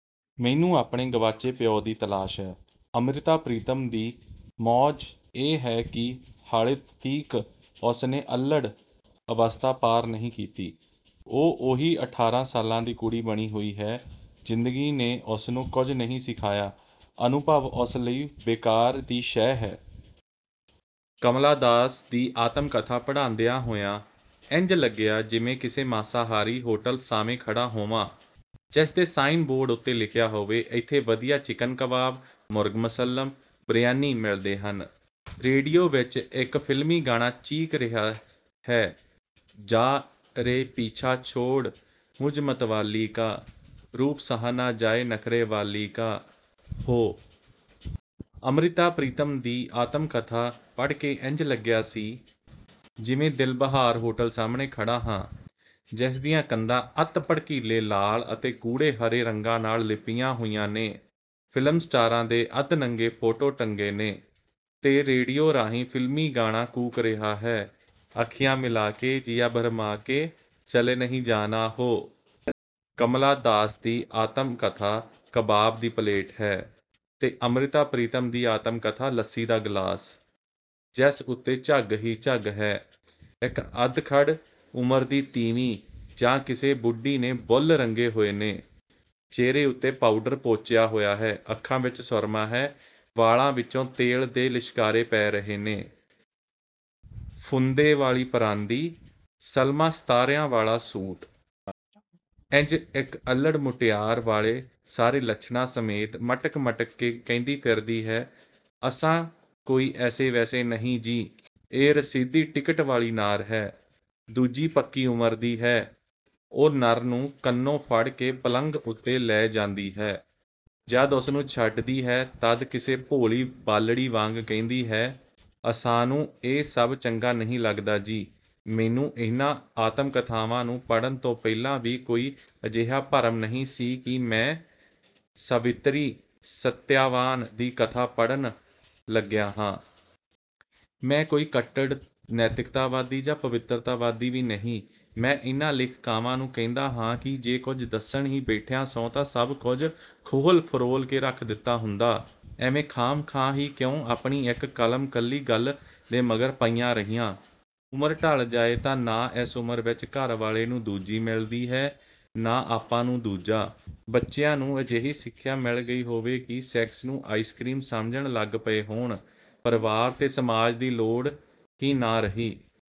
ਮੈਨੂੰ ਆਪਣੇ ਗਵਾਚੇ ਪਿਉ ਦੀ ਤਲਾਸ਼ ਹੈ। ' ਅੰਮ੍ਰਿਤਾ ਪ੍ਰੀਤਮ ਦੀ ਮੌਜ਼ ਇਹ ਹੈ ਕਿ ਹਾਲੇ ਤੀਕ ਉਸਨੇ ਅੱਲ੍ਹੜ ਅਵਸਥਾ ਪਾਰ ਨਹੀਂ ਕੀਤੀ। ਉਹ ਉਹੀ ਅਠਾਂਰ੍ਹਾਂ ਸਾਲਾਂ ਦੀ ਕੁੜੀ ਬਣੀ ਹੋਈ ਹੈ। ਜ਼ਿੰਦਗੀ ਨੇ ਉਸਨੂੰ ਕੁਝ ਨਹੀਂ ਸਿਖਾਇਆ, ਅਨੁਭਵ ਉਸ ਲਈ ਬੇਕਾਰ ਦੀ ਸ਼ੈ ਹੈ। ਕਮਲਾ ਦਾਸ ਦੀ ਆਤਮ-ਕਥਾ ਪੜ੍ਹਦਿਆਂ ਹੋਇਆਂ ਇੰਜ ਲੱਗਿਆ, ਜਿਵੇਂ ਕਿਸੇ ਮਾਸਾਹਾਰੀ ਹੋਟਲ ਸਾਹਵੇਂ ਖੜ੍ਹਾ ਹੋਵਾਂ, ਜਿਸਦੇ ਸਾਈਨ ਬੋਰਡ ਉੱਤੇ ਲਿਖਿਆ ਹੋਵੇ: ਇੱਥੇ ਵਧੀਆ ਚਿਕਨ-ਕਬਾਬ, ਮੁਰਗ-ਮੁਸੱਲਮ, ਬਿਰਿਆਨੀ ਮਿਲਦੇ ਹਨ। ਰੇਡੀਓ ਵਿਚ ਇਕ ਫਿਲਮੀ ਗਾਣਾ ਚੀਕ ਰਿਹਾ ਹੈ 'ਜਾ ਰੇ ਪੀਛਾ ਛੋੜ ਮੁਝ ਮਤਵਾਲੀ ਕਾ, ਰੂਪ ਸਹਾ ਨਾ ਜਾਏ ਨਖ਼ਰੇ ਵਾਲੀ ਕਾ-ਹੋਅ! ' ਅੰਮ੍ਰਿਤਾ ਪ੍ਰੀਤਮ ਦੀ ਆਤਮ-ਕਥਾ ਪੜ੍ਹ ਕੇ ਇੰਜ ਲੱਗਿਆ ਸੀ, ਜਿਵੇ ਦਿਲਬਹਾਰ ਹੋਟਲ ਸਾਹਮਣੇ ਖੜ੍ਹਾ ਹਾਂ, ਜਿਸ ਦੀਆਂ ਕੰਧਾਂ ਅੱਤ ਭੜਕੀਲੇ ਲਾਲ ਤੇ ਗੂੜ੍ਹੇ ਹਰੇ ਰੰਗਾਂ ਨਾਲ ਲਿੱਪੀਆਂ ਹੋਈਆਂ ਨੇ, ਫਿਲਮ ਸਟਾਰਾਂ ਦੇ ਅੱਧਨੰਗੇ ਫੋਟੋ ਟੰਗੇ ਨੇ, ਤੇ ਰੇਡੀਓ ਰਾਹੀਂ ਫਿਲਮੀ ਗਾਣਾ ਕੂਕ ਰਿਹਾ ਹੈ 'ਅੱਖੀਆਂ ਮਿਲਾ ਕੇ ਜੀਆ ਭਰਮਾ ਕੇ, ਚਲੇ ਨਹੀਂ ਜਾਨਾ ਹੋਅ! ' ਕਮਲਾ ਦਾਸ ਦੀ ਆਤਮ ਕਥਾ-ਕਬਾਬ ਦੀ ਪਲੇਟ ਹੈ। ਤੇ ਅੰਮ੍ਰਿਤਾ ਪ੍ਰੀਤਮ ਦੀ ਆਤਮ-ਕਥਾ ਲੱਸੀ ਦਾ ਗਿਲਾਸ, ਜਿਸ ਉੱਤੇ ਝੱਗ ਹੀ ਝੱਗ ਹੈ। ਇਕ ਅੱਧਖੜ ਉਮਰ ਦੀ ਤੀਵੀਂ ਜਾਂ ਕਿਸੇ ਬੁੱਢੀ ਨੇ ਬੁੱਲ੍ਹ ਰੰਗੇ ਹੋਏ ਨੇ, ਚਿਹਰੇ ਉੱਤੇ ਪਾਊਡਰ ਪੋਚਿਆ ਹੋਇਆ ਹੈ, ਅੱਖਾਂ ਵਿਚ ਸੁਰਮਾ ਹੈ, ਵਾਲਾਂ ਵਿਚੋਂ ਤੇਲ ਦੇ ਲਿਸ਼ਕਾਰੇ ਪੈ ਰਹੇ ਨੇ, ਫੁੰਦੇ ਵਾਲੀ ਪਰਾਂਦੀ ਹੈ, ਸਲਮਾ-ਸਿਤਾਰਿਆਂ ਵਾਲਾ ਸੂਟ। ਇੰਜ ਇਕ ਅੱਲ੍ਹੜ ਮੁਟਿਆਰ ਵਾਲੇ ਸਾਰੇ ਲੱਛਣਾ ਸਮੇਤ, ਮਟਕ-ਮਟਕ ਕੇ ਕਹਿੰਦੀ ਫਿਰਦੀ ਹੈ 'ਅਸਾਂ ਕੋਈ ਐਸੇ-ਵੈਸੇ ਨਹੀਂ ਜੀ। ' ਇਹ 'ਰਸੀਦੀ ਟਿਕਟ' ਵਾਲੀ ਨਾਰ ਹੈ। ਦੂਜੀ ਪੱਕੀ ਉਮਰ ਦੀ ਹੈ: ਉਹ ਨਰ ਨੂੰ ਕੰਨੋਂ ਫੜ੍ਹ ਕੇ ਪਲੰਘ ਉੱਤੇ ਲੈ ਜਾਂਦੀ ਹੈ। ਜਦ ਉਸਨੂੰ ਛੱਡਦੀ ਹੈ, ਤਦ ਕਿਸੇ ਭੋਲੀ ਬਾਲੜੀ ਵਾਂਗ ਕਹਿੰਦੀ ਹੈ 'ਅਸਾਨੂੰ ਇਹ ਸਭ ਚੰਗਾ ਨਹੀਂ ਲੱਗਦਾ ਜੀ। ' ਮੈਨੂੰ ਇਹਨਾਂ ਆਤਮ-ਕਥਾਵਾਂ ਨੂੰ ਪੜ੍ਹਨ ਤੋਂ ਪਹਿਲਾਂ ਵੀ ਕੋਈ ਅਜਿਹਾ ਭਰਮ ਨਹੀਂ ਸੀ ਕਿ ਮੈਂ ਸਾਵਿੱਤਰੀ-ਸਤਿਆਵਾਨ ਦੀ ਕਥਾ ਪੜ੍ਹਨ ਲੱਗਿਆ ਹਾਂ। ਮੈਂ ਕੋਈ ਕੱਟੜ ਨੈਤਿਕਤਾਵਾਦੀ ਜਾਂ ਪਵਿੱਤਰਤਾਵਾਦੀ ਵੀ ਨਹੀਂ। ਮੈਂ ਇਹਨਾਂ ਲੇਖਕਾਵਾਂ ਨੂੰ ਕਹਿੰਦਾ ਹਾਂ ਕਿ ਜੇ ਕੁਝ ਦੱਸਣ ਹੀ ਬੈਠੀਆਂ ਸੌ ਤਾਂ ਸਭ ਕੁਝ ਖੋਹਲ-ਫਰੋਲ ਕੇ ਰੱਖ ਦਿੱਤਾ ਹੁੰਦਾ, ਐਵੇਂ, ਖਾਹਮਖਾਹ ਹੀ ਕਿਉਂ ਆਪਣੀ ਇਕ 'ਕੱਲਮ-'ਕੱਲੀ ਗੱਲ ਦੇ ਮਗਰ ਪਈਆਂ ਰਹੀਆਂ। ਉਮਰ ਢਲ ਜਾਏ ਤਾਂ ਨਾ ਇਸ ਉਮਰ ਵਿਚ ਘਰਵਾਲੇ ਨੂੰ ਦੂਜੀ ਮਿਲਦੀ ਹੈ, ਨਾ ਆਪਾਂ ਨੂੰ ਦੂਜਾ। ਬੱਚਿਆਂ ਨੂੰ ਅਜਿਹੀ ਸਿਖਿਆ ਮਿਲ ਗਈ ਹੋਵੇ ਕਿ ਉਹ 'ਸੈਕਸ' ਨੂੰ ਆਈਸਕਰੀਮ ਸਮਝਣ ਲੱਗ ਪਏ ਹੋਣ। ਪਰਿਵਾਰ ਤੇ ਸਮਾਜ ਦੀ ਲੋੜ ਹੀ ਨਾ ਰਹੀ